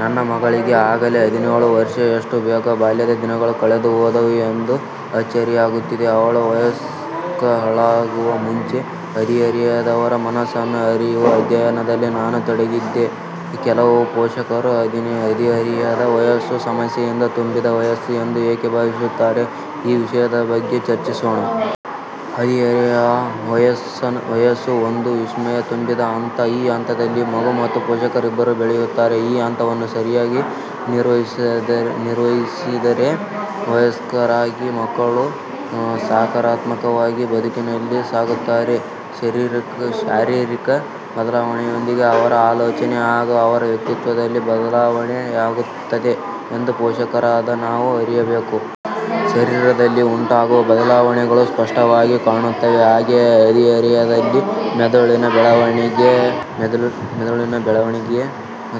ನನ್ನ ಮಗಳಿಗೆ ಆಗಲೇ ಹದಿನೇಳು ವರ್ಷ. ಎಷ್ಟು ಬೇಗ ಬಾಲ್ಯದ ದಿನಗಳು ಕಳೆದು ಹೋದವು ಎಂದು ಅಚ್ಚರಿಯಾಗುತ್ತದೆ. ಅವಳು ವಯಸ್ಕಳಾಗುವಾಗ ಮುಂಚೆಯೇ ಹದಿಹರೆಯದವರ ಮನಸ್ಸನ್ನು ಅರಿಯುವ ಅಧ್ಯಯನದಲ್ಲಿ ನಾನು ತೊಡಗಿದ್ದೆ. ಕೆಲವು ಪೋಷಕರು ಹದಿಹರೆಯದ ವಯಸ್ಸು ಸಮಸ್ಯೆಯಿಂದ ತುಂಬಿದ ವಯಸ್ಸು ಎಂದು ಏಕೆ ಭಾವಿಸುತ್ತಾರೆ? ಈ ವಿಷಯದ ಬಗ್ಗೆ ಚರ್ಚಿಸೋಣ. ಹದಿಹರೆಯ ವಯಸ್ಸು ಒಂದು ವಿಸ್ಮಯ ತುಂಬಿದ ಹಂತ. ಈ ಹಂತದಲ್ಲಿ ಮಗು ಮತ್ತು ಪೋಷಕರಿಬ್ಬರೂ ಬೆಳೆಯುತ್ತಾರೆ. ಈ ಹಂತವನ್ನು ಸರಿಯಾಗಿ ನಿರ್ವಹಿಸಿದರೆ, ವಯಸ್ಕರಾಗಿ ಮಕ್ಕಳು ಸಾಕಾರಾತ್ಮವಾಗಿ ಬದುಕಿನಲ್ಲಿ ಸಾಗುತ್ತಾರೆ. ಶಾರೀರಿಕ ಬದಲಾವಣೆಯೊಂದಿಗೆ ಅವರ ಆಲೋಚನೆ ಹಾಗೂ ಅವರ ವ್ಯಕ್ತಿತ್ವದಲ್ಲಿ ಬದಲಾವಣೆ ಯಾಗುತ್ತದೆ ಎಂದು ಪೋಷಕರಾದ ನಾವು ಅರಿಯಬೇಕು. ಶರೀರಿದಲ್ಲಿ ಉಂಟಾಗುವ ಬದಲಾವಣೆಗಳು ಸ್ಪಷ್ಟವಾಗಿ ಕಾಣುತ್ತವೆ. ಹಾಗೆಯೇ ಹದಿಹರೆಯದಲ್ಲಿ ಮೆದುಳಿನ ಬೆಳವಣಿಗೆ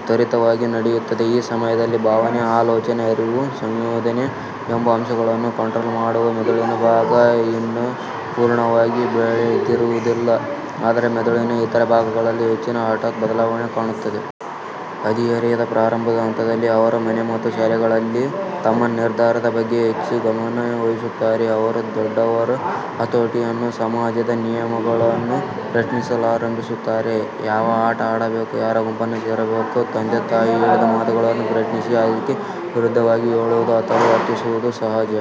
ತ್ವರಿತಗಾಗಿ ನಡೆಯುತ್ತದೆ. ಈ ಸಮಯದಲ್ಲಿ ಭಾವನೆ, ಆಲೋಚನೆ, ಅರಿವು, ಸಂವೇದನೆ ಎಂಬ ಅಂಶಗಳನ್ನು ಕಂಟ್ರೋಲ್ ಮಾಡುವ ಮೆದುಳಿನ ಭಾಗ ಇನ್ನೂ ಪೂರ್ಣವಾಗಿ ಬೆಳೆದಿರುವುದಿಲ್ಲ. ಆದರೆ ಮೆದುಳಿನ ಇತರೆ ಭಾಗಗಳಲ್ಲಿ ಹೆಚ್ಚಿನ ಹಠಾತ್ ಬದಲಾವಣೆ ಕಾಣುತ್ತದೆ. ಹದಿಹರೆಯದ ಪ್ರಾರಂಭ ಹಂತದಲ್ಲಿ ಅವರು ಮನೆ ಮತ್ತು ಶಾಲೆಯಲ್ಲಿ ತಮ್ಮ ನಿರ್ಧಾರದ ಬಗ್ಗೆ ಹೆಚ್ಚು ಗಮನ ವಹಿಸುತ್ತಾರೆ. ಅವರು ದೊಡ್ಡವರ ಹತೋಟಿಯನ್ನು, ಸಮಾಜದ ನಿಯಮಗಳನ್ನು ಪ್ರಶ್ನಿಸಲಾರಂಭಿಸುತ್ತಾರೆ. ಯಾವ ಆಟ ಆಡಬೇಕು, ಯಾರ ಗುಂಪನ್ನು ಸೇರಬೇಕು, ತಂದೆ ತಾಯಿ ಹೇಳಿದ ಮಾತನ್ನು ಪ್ರಶ್ನಿಸಿ ಅದಕ್ಕೆ ವಿರುದ್ಧವಾಗಿ ಹೇಳುವುದು ಅಥವಾ ವರ್ತಿಸುವುದು ಸಹಜ.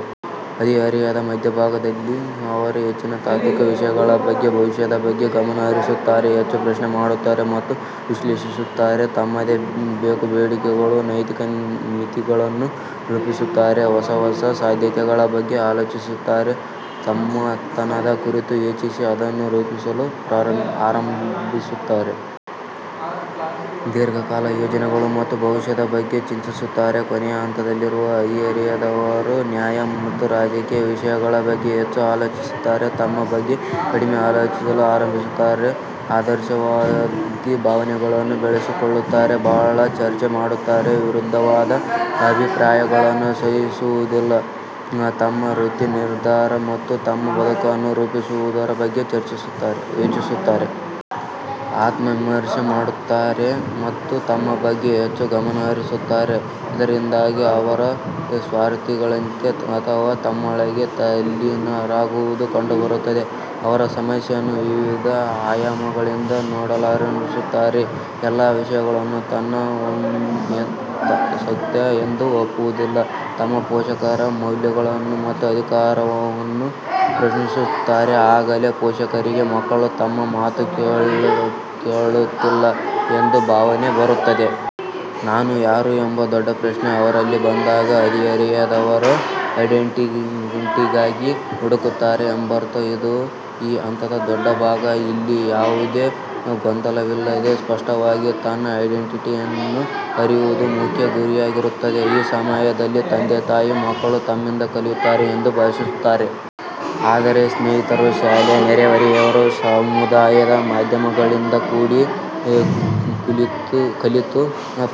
ಹದಿಹರೆಯದ ಮಧ್ಯ ಭಾಗದಲ್ಲಿ ಅವರು ಹೆಚ್ಚು ತಾತ್ವಿಕ ವಿಷಯಗಳ ಬಗ್ಗೆ, ಭವಿಷ್ಯದ ಬಗ್ಗೆ ಗಮನಹರಿಸುತ್ತಾರೆ. ಹೆಚ್ಚು ಪ್ರಶ್ನೆ ಮಾಡುತ್ತಾರೆ ಮತ್ತು ವಿಶ್ಲೇಷಿಸುತ್ತಾರೆ. ತಮ್ಮದೇ ಬೇಕು ಬೇಡಗಳು, ನೈತಿಕ ಮಿತಿಗಳನ್ನು ರೂಪಿಸುತ್ತಾರೆ, ಹೊಸ ಹೊಸ ಸಾಧ್ಯತೆಗಳ ಬಗ್ಗೆ ಆಲೋಚಿಸುತ್ತಾರೆ. ತಮ್ಮತನದ ಕುರಿತು ಯೋಚಿಸಿ ಅದನ್ನು ರೂಪಿಸಲು ಆರಂಭಿಸುತ್ತಾರೆ. ದೀರ್ಘಕಾಲಿಕ ಯೋಜನೆಗಳು ಮತ್ತು ಭವಿಷ್ಯದ ಬಗ್ಗೆ ಚಿಂತಿಸುತ್ತಾರೆ. ಕೊನೆ ಹಂತದಲ್ಲಿರುವ ಹದಿಹರೆಯದವರು ನ್ಯಾಯ ಮತ್ತು ರಾಜಕೀಯ ವಿಷಯಗಳ ಬಗ್ಗೆ ಹೆಚ್ಚು ಆಲೋಚಿಸುತ್ತಾರೆ. ತಮ್ಮ ಬಗ್ಗೆ ಕಡಿಮೆ ಯೋಚಿಸಲು ಆರಂಭಿಸುತ್ತಾರೆ. ಆದರ್ಶವಾದಿ ಭಾವನೆಗಳನ್ನು ಬೆಳೆಸಿಕೊಳ್ಳುತ್ತಾರೆ. ಬಹಳ ಚರ್ಚೆ ಮಾಡುತ್ತಾರೆ. ವಿರುದ್ಧವಾದ ಅಭಿಪ್ರಾಯಗಳನ್ನು ಸಹಿಸುವುದಿಲ್ಲ. ತಮ್ಮ ವೃತ್ತಿ ನಿರ್ಧಾರ ಮತ್ತು ತಮ್ಮ ಬದುಕನ್ನು ರೂಪಿಸುವುದರ ಬಗ್ಗೆ ಯೋಚಿಸುತ್ತಾರೆ. ಆತ್ಮ ವಿಮರ್ಶೆ ಮಾಡುತ್ತಾರೆ ಮತ್ತು ತಮ್ಮ ಬಗ್ಗೆ ಹೆಚ್ಚು ಗಮನಹರಿಸುತ್ತಾರೆ. ಇದರಿಂದಾಗಿ ಅವರು ಸ್ವಾರ್ಥಿಗಳಂತೆ ಅಥವಾ ತಮ್ಮೊಳಗೆ ತಲ್ಲೀನರಾಗುವುದು ಕಂಡುಬರುತ್ತದೆ. ಅವರು ಸಮಸ್ಯೆಯನ್ನು ವಿವಿಧ ಆಯಾಮಗಳಿಂದ ನೋಡಲಾರಂಭಿಸುತ್ತಾರೆ. ಎಲ್ಲ ವಿಷಯವನ್ನು ಸತ್ಯ ಎಂದು ಒಪ್ಪುವುದಿಲ್ಲ. ತಮ್ಮ ಪೋಷಕರ ಮೌಲ್ಯಗಳನ್ನು ಮತ್ತು ಅಧಿಕಾರವನ್ನು ಪ್ರಶ್ನಿಸುತ್ತಾರೆ. ಆಗಲೇ ಪೋಷಕರಿಗೆ ಮಕ್ಕಳು ತಮ್ಮ ಮಾತು ಕೇಳುತ್ತಿಲ್ಲ ಎಂಬ ಭಾವನೆ ಬರುತ್ತದೆ. ನಾನು ಯಾರು ಎಂಬ ದೊಡ್ಡ ಪ್ರಶ್ನೆ ಅವರಲ್ಲಿ ಬಂದಾಗ ಹದಿಹರೆಯದವರು ಐಡೆಂಟಿಟಿಗಾಗಿ ಹುಡುಕುತ್ತಾರೆ ಎಂದರ್ಥ. ಇದು ಈ ಹಂತದ ದೊಡ್ಡ ಭಾಗ. ಇಲ್ಲಿ ಯಾವುದೇ ಗೊಂದಲವಿಲ್ಲದೆ ಸ್ಪಷ್ಟವಾಗಿ ತನ್ನ ಐಡೆಂಟಿಟಿಯನ್ನು ಅರಿಯುವುದು ಮುಖ್ಯ ಗುರಿಯಾಗಿರುತ್ತದೆ. ಈ ಸಮಯದಲ್ಲಿ ತಂದೆ ತಾಯಿ ಮಕ್ಕಳು ತಮ್ಮಿಂದ ಕಲಿಯುತ್ತಾರೆ ಎಂದು ಭಾವಿಸುತ್ತಾರೆ. ಆದರೆ ಸ್ನೇಹಿತರು, ಶಾಲೆ, ನೆರೆಹೊರೆಯವರು, ಸಮುದಾಯ, ಮಾಧ್ಯಮಗಳಿಂದ ಕೂಡ ಕಲಿತು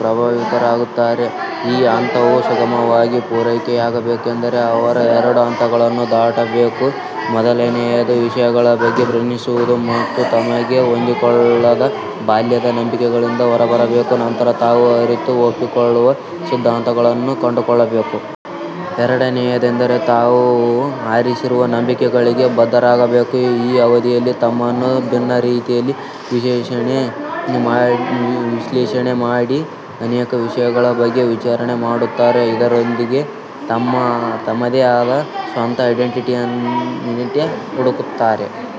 ಪ್ರಭಾವಿತರಾಗುತ್ತಾರೆ. ಈ ಹಂತವು ಸುಗಮವಾಗಿ ಪೂರೈಕೆಯಾಗಬೇಕೆಂದರೆ ಅವರು ಎರಡು ಹಂತಗಳನ್ನು ದಾಟಬೇಕು. ಮೊದಲನೆಯದು, ವಿಷಯಗಳ ಬಗ್ಗೆ ಪ್ರಶ್ನಿಸುವುದು ಮತ್ತು ತಮಗೆ ಹೊಂದಿಕೊಳ್ಳದ ಬಾಲ್ಯದ ನಂಬಿಕೆಗಳಿಂದ ಹೊರಬರಬೇಕು. ನಂತರ ತಾವು ಅರಿತು ಒಪ್ಪಿಕೊಳ್ಳುವ ಸಿದ್ದಾಂತಗಳನ್ನು ಕಂಡುಕೊಳ್ಳಬೇಕು. ಎರಡನೆಯದೆಂದರೆ, ತಾವು ಆರಿಸಿರುವ ನಂಬಿಕೆಗಳಿಗೆ ಬದ್ಧರಾಗಬೇಕು. ಈ ಅವಧಿಯಲ್ಲಿ ತಮ್ಮನ್ನು ಭಿನ್ನ ರೀತಿಯಲ್ಲಿ ವಿಶ್ಲೇಷಣೆ ಮಾಡಿ ಅನೇಕ ವಿಷಯಗಳ ಬಗ್ಗೆ ವಿಚಾರಣೆ ಮಾಡುತ್ತಾರೆ. ಇದರೊಂದಿಗೆ ತಮ್ಮದೇ ಆದ ಸ್ವಂತ ಐಡೆಂಟಿಟೀ ಹುಡುಕುತ್ತಾರೆ.